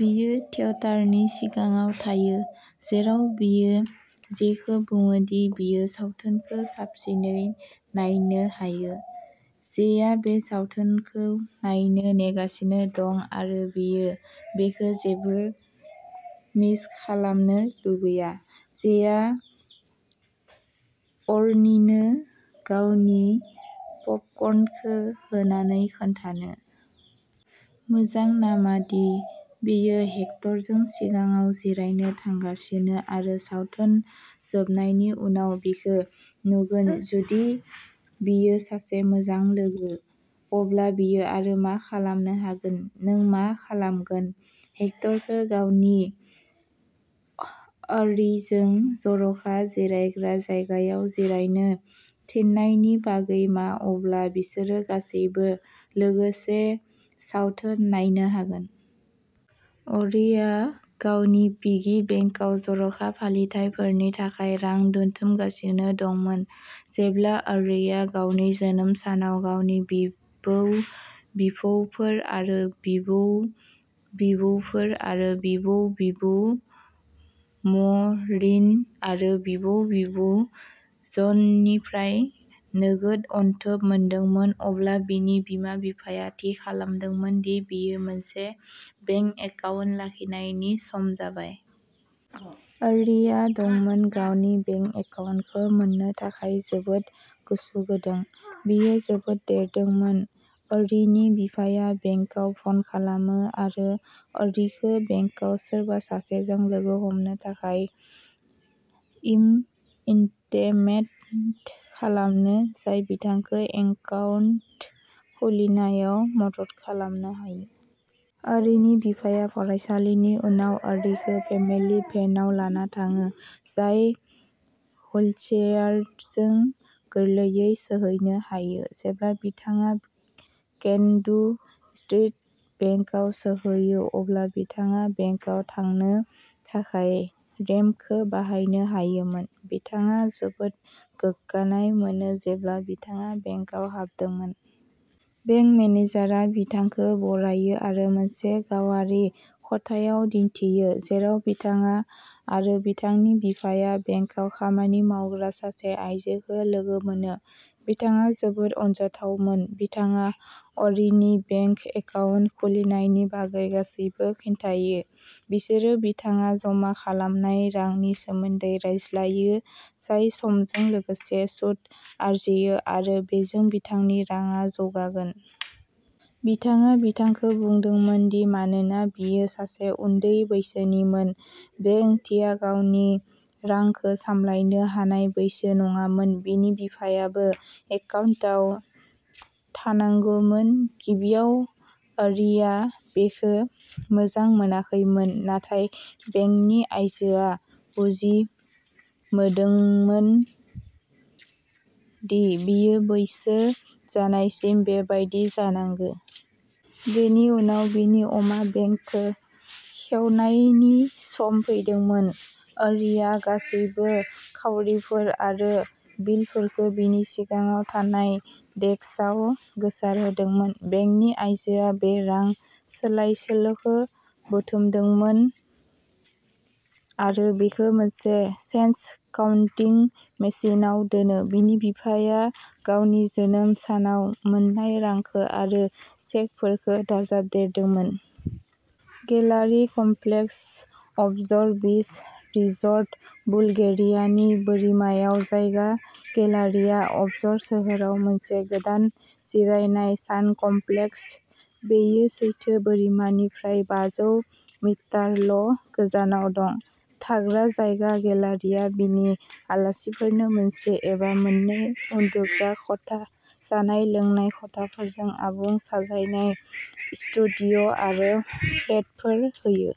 बियो थियेटारनि सिगाङाव थायो, जेराव बियो जेखौ बुङो दि बियो सावथुनखौ साबसिनै नायनो हायो। जेआ बे सावथुनखौ नायनो नेगासिनो दं आरो बियो बेखौ जेबो मिस खालामनो लुबैया। जेआ अर्रीनो गावनि पपकर्नखौ होनानै खोन्थानो मोजां नामा दि बियो हेक्टरजों सिगाङाव जिरायनो थांगासिनो आरो सावथुन जोबनायनि उनाव बिखौ नुगोन जुदि बियो सासे मोजां लोगो, अब्ला बियो आरो मा खालामनो हागोन नों मा खालामगोन हेक्टरखौ गावनि आरो अर्रीजों जर'खा जिरायग्रा जायगायाव जिरायनो थिननायनि बागै मा अब्ला बिसोरो गासैबो लोगोसे सावथुन नायनो हागोन। अर्रीया गावनि पिगी बेंकआव जर'खा फालिथायफोरनि थाखाय रां दोनथुमगासिनो दंमोन। जेब्ला अर्रीया गावनि जोनोम सानाव गावनि बिबौ-बिबौफोर आरो बिबौ-बिबौफोर आरो बिबौ-बिबौ म'रिन आरो बिबौ-बिबौ जननिफ्राय नोगोद अनथोब मोनदोंमोन, अब्ला बिनि बिमा-बिफाया थि खालामदोंमोन दि बियो मोनसे बेंक एकाउन्ट लाखिनायनि सम जाबाय। अर्रीआ दंमोन गावनि बेंक एकाउन्टखौ मोन्नो थाखाय जोबोद गोसो गुदुं। बियो जोबोद देरदों मोन। अ'रीनि बिफाया बेंकाव फन खालामो आरो अ'रीखौ बेंकआव सोरबा सासेजों लोगो हमनो थाखाय एपइन्टमेन्ट खालामो, जाय बिथांखौ एकाउन्ट खुलिनायाव मदद खालामनो हायो। अ'रीनि बिफाया फरायसालिनि उनाव अ'रीखौ फेमिली भेनआव लाना थाङो, जाय हुइलचेयारजों गोरलैयै सौहैनो हायो। जेब्ला बिथाङा केन डु स्ट्रीट बेंकआव सौहैयो, अब्ला बिथाङा बेंकआव थांनो थाखाय रेम्पखौ बाहायनो हायोमोन। बिथाङा जोबोद गोग्गानाय मोनो जेब्ला बिथाङा बेंकआव हाबदोंमोन। बेंक मेनेजारआ बिथांखौ बरायो आरो मोनसे गावारि खथायाव दिन्थियो, जेराव बिथाङा आरो बिथांनि बिफाया बेंकआव खामानि मावग्रा सासे आइजोखौ लोगो मोनो। बिथाङा जोबोद अनजाथावमोन। बिथाङा अ'रीनि बेंक एकाउन्ट खुलिनायनि बागै गासैबो खिन्थायो। बिसोरो बिथाङा जमा खालामनाय रांनि सोमोन्दै रायज्लायो, जाय समजों लोगोसे सुद आरजियो आरो बेजों बिथांनि रांआ जौगागोन। बिथाङा बिथांखौ बुंदोंमोन दि मानोना बियो सासे उन्दै बैसोनिमोन, बे ओंथिया गावनि रांखौ सामलायनो हानाय बैसो नङामोन बिनि बिफायाबो एकाउन्टआव थानांगौमोन। गिबियाव अ'रिआ बेखौ मोजां मोनाखैमोन, नाथाय बेंकनि आइजोआ बुजिमोदोंमोन दि बियो बैसो जानायसिम बेबायदि जानांगौ। बेनि उनाव बिनि अमा बेंकखौ खेवनायनि सम फैदोंमोन। अ'रिआ गासैबो खाउरिफोर आरो बिलफोरखौ बिनि सिगाङाव थानाय डेस्कआव गोसारहोदोंमोन। बेंकनि आइजोआ बे रां सोलायसोल'खौ बुथुमदोंमोन आरो बेखौ मोनसे चेन्ज काउन्टिं मेसिनआव दोनो। बिनि बिफाया गावनि जोनोम सानाव मोन्नाय रांखौ आरो चेकफोरखौ दाजाबदेरदोंमोन। गेलारि कमप्लेक्स, अबजर बीच रिसर्ट, बुलगेरियानि बोरिमायाव। जायगा गेलारिआ अबजर सोहोराव मोनसे गोदान जिरायनाय सान कमप्लेक्स। बेयो लैथो बोरिमानिफ्राय बाजौ मिटारल' गोजानाव दं। थाग्रा जायगा गेलारिआ बिनि आलासिफोरनो मोनसे एबा मोननै उन्दुग्रा खथा, जानाय-लोंनाय खथाफोरजों आबुं साजायनाय स्टुडिय'आरो फ्लेटफोर होयो।